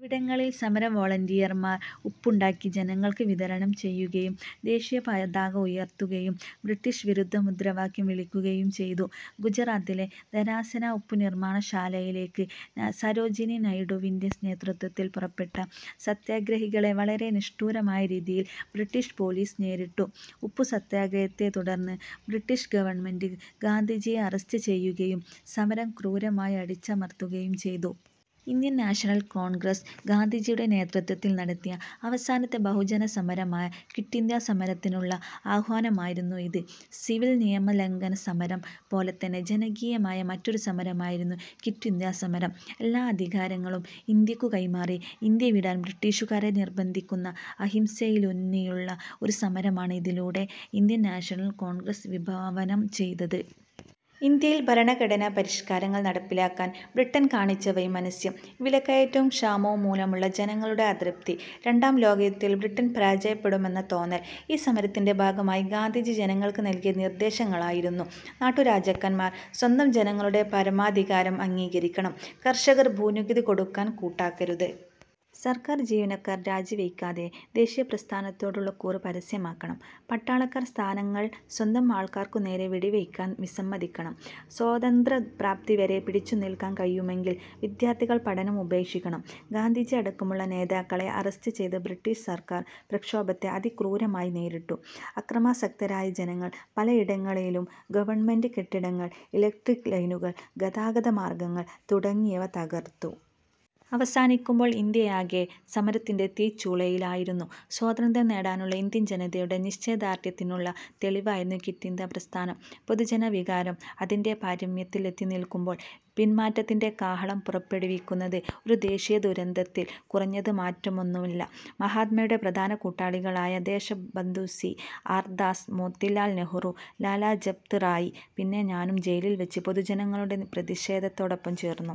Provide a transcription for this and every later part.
ഇവിടങ്ങളിൽ സമരവോളന്റിയർമാർ ഉപ്പുണ്ടാക്കി ജനങ്ങൾക്ക് വിതരണം ചെയ്യുകയും ദേശീയപതാക ഉയർത്തുകയും ബ്രിട്ടീഷ് വിരുദ്ധ മുദ്രാവാക്യം വിളിക്കുകയും ചെയ്തു. ഗുജറാത്തിലെ ധരാസന ഉപ്പുനിർമാണശാലയിലേക്ക് സരോജിനി നായിഡുവിന്റെ നേതൃത്വത്തിൽ പുറപ്പെട്ട സത്യഗ്രഹികളെ വളരെ നിഷ്ഠൂരമായ രീതിയിൽ ബ്രിട്ടീഷ് പോലീസ് നേരിട്ടു. ഉപ്പുസത്യഗ്രഹത്തെത്തുടർന്ന് ബ്രിട്ടീഷ് ഗവൺമെന്റ് ഗാന്ധിജിയെ അറസ്റ്റ് ചെയ്യുകയും സമരം ക്രൂരമായി അടിച്ചമർത്തുകയും ചെയ്തു. ഇന്ത്യൻ നാഷണൽ കോൺഗ്രസ് ഗാന്ധിജിയുടെ നേതൃത്വത്തിൽ നടത്തിയ അവസാനത്തെ ബഹുജനസമരമായ ക്വിറ്റ് ഇന്ത്യാ സമരത്തിനുള്ള ആഹ്വാനമായിരുന്നു ഇത്. സിവിൽ നിയമലംഘന സമരം പോലെത്തന്നെ ജനകീയമായ മറ്റൊരു സമരമായിരുന്നു ക്വിറ്റ് ഇന്ത്യാ സമരം. എല്ലാ അധികാരങ്ങളും ഇന്ത്യക്കു കൈമാറി ഇന്ത്യ വിടാൻ ബ്രിട്ടീഷുകാരെ നിർബന്ധിക്കുന്ന അഹിംസയിലൂന്നിയുള്ള ഒരു സമരമാണ് ഇതിലൂടെ ഇന്ത്യൻ നാഷണൽ കോൺഗ്രസ് വിഭാവനം ചെയ്തത്. ഇന്ത്യയിൽ ഭരണഘടനാ പരിഷ്കാരങ്ങൾ നടപ്പിലാക്കാൻ ബ്രിട്ടൺ കാണിച്ച വൈമനസ്യം. വിലക്കയറ്റവും ക്ഷാമവും മൂലമുള്ള ജനങ്ങളുടെ അതൃപ്തി. രണ്ടാം ലോകയുദ്ധത്തിൽ ബ്രിട്ടൻ പരാജയപ്പെടുമെന്ന തോന്നൽ. ഈ സമരത്തിന്റെ ഭാഗമായി ഗാന്ധിജി ജനങ്ങൾക്ക് നൽകിയ നിർദേശങ്ങളായിരുന്നു. നാട്ടുരാജാക്കന്മാർ സ്വന്തം ജനങ്ങളുടെ പരമാധികാരം അംഗീകരിക്കണം. കർഷകർ ഭൂനികുതി കൊടുക്കാൻ കൂട്ടാക്കരുത്. സർക്കാർ ജീവനക്കാർ രാജിവയ്ക്കാതെ ദേശീയപ്രസ്ഥാനത്തോടുള്ള കൂറ് പരസ്യമാക്കണം. പട്ടാളക്കാർ സ്ഥാനങ്ങൾ സ്വന്തം ആൾക്കാർക്കുനേരെ വെടിവയ്ക്കാൻ വിസമ്മതിക്കണം. സ്വാതന്ത്ര്യപ്രാപ്തി വരെ പിടിച്ചു നിൽക്കാൻ കഴിയുമെങ്കിൽ വിദ്യാർഥികൾ പഠനം ഉപേക്ഷിക്കണം. ഗാന്ധിജി അടക്കമുള്ള നേതാക്കളെ അറസ്റ്റ് ചെയ്ത ബ്രിട്ടീഷ് സർക്കാർ പ്രക്ഷോഭത്തെ അതിക്രൂരമായി നേരിട്ടു. അക്രമാസക്തരായ ജനങ്ങൾ പലയിടങ്ങളിലും ഗവൺമെന്റ് കെട്ടിടങ്ങൾ, ഇലക്ട്രിക് ലൈനുകൾ, ഗതാഗത മാർഗങ്ങൾ തുടങ്ങിയവ തകർത്തു. അവസാനിക്കുമ്പോൾ ഇന്ത്യയാകെ സമരത്തിന്റെ തീച്ചൂളയിലായിരുന്നു. സ്വാതന്ത്ര്യം നേടാനുള്ള ഇന്ത്യൻ ജനതയുടെ നിശ്ചയദാർഢ്യത്തിനുള്ള തെളിവായിരുന്നു ക്വിറ്റ് ഇന്ത്യാ പ്രസ്ഥാനം. പൊതുജനവികാരം അതിന്റെ പാരമ്യത്തിൽ എത്തിനിൽക്കുമ്പോൾ പിൻമാറ്റത്തിന്റെ കാഹളം പുറപ്പെടുവിക്കുന്നത് ഒരു ദേശീയദുരന്തത്തിൽ കുറഞ്ഞ് മറ്റൊന്നുമല്ല. മഹാത്മയുടെ പ്രധാന കൂട്ടാളികളായ ദേശബന്ധു സി. ആർ. ദാസ്, മോത്തിലാൽ നെഹ്റു, ലാലാ ലജ്പത് റായ്, പിന്നെ ഞാനും ജയിലിൽ വച്ച് പൊതുജനങ്ങളുടെ പ്രതിഷേധത്തോടൊപ്പം ചേർന്നു.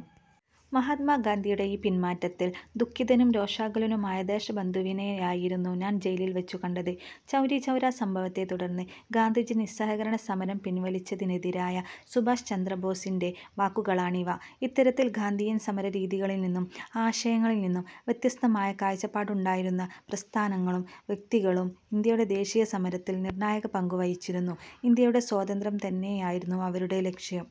മഹാത്മാഗാന്ധിയുടെ ഈ പിൻമാറ്റത്തിൽ ദുഃഖിതനും രോഷാകുലനുമായ ദേശബന്ധുവിനെയായിരുന്നു ഞാൻ ജയിലിൽ വച്ചു കണ്ടത്. ചൗരിചൗര സംഭവത്തെത്തുടർന്ന് ഗാന്ധിജി നിസ്സഹകരണസമരം പിൻവലിച്ചതിനെതിരായ സുഭാഷ് ചന്ദ്രബോസിന്റെ വാക്കുകളാണിവ. ഇത്തരത്തിൽ ഗാന്ധിയൻ സമരരീതികളിൽനിന്നും ആശയങ്ങളിൽനിന്നും വ്യത്യസ്തമായ കാഴ്ചപ്പാടുണ്ടായിരുന്ന പ്രസ്ഥാനങ്ങളും വ്യക്തികളും ഇന്ത്യയുടെ ദേശീയസമരത്തിൽ നിർണായക പങ്കുവഹിച്ചിരുന്നു. ഇന്ത്യയുടെ സ്വാതന്ത്ര്യം തന്നെയായിരുന്നു അവരുടെയും ലക്ഷ്യം.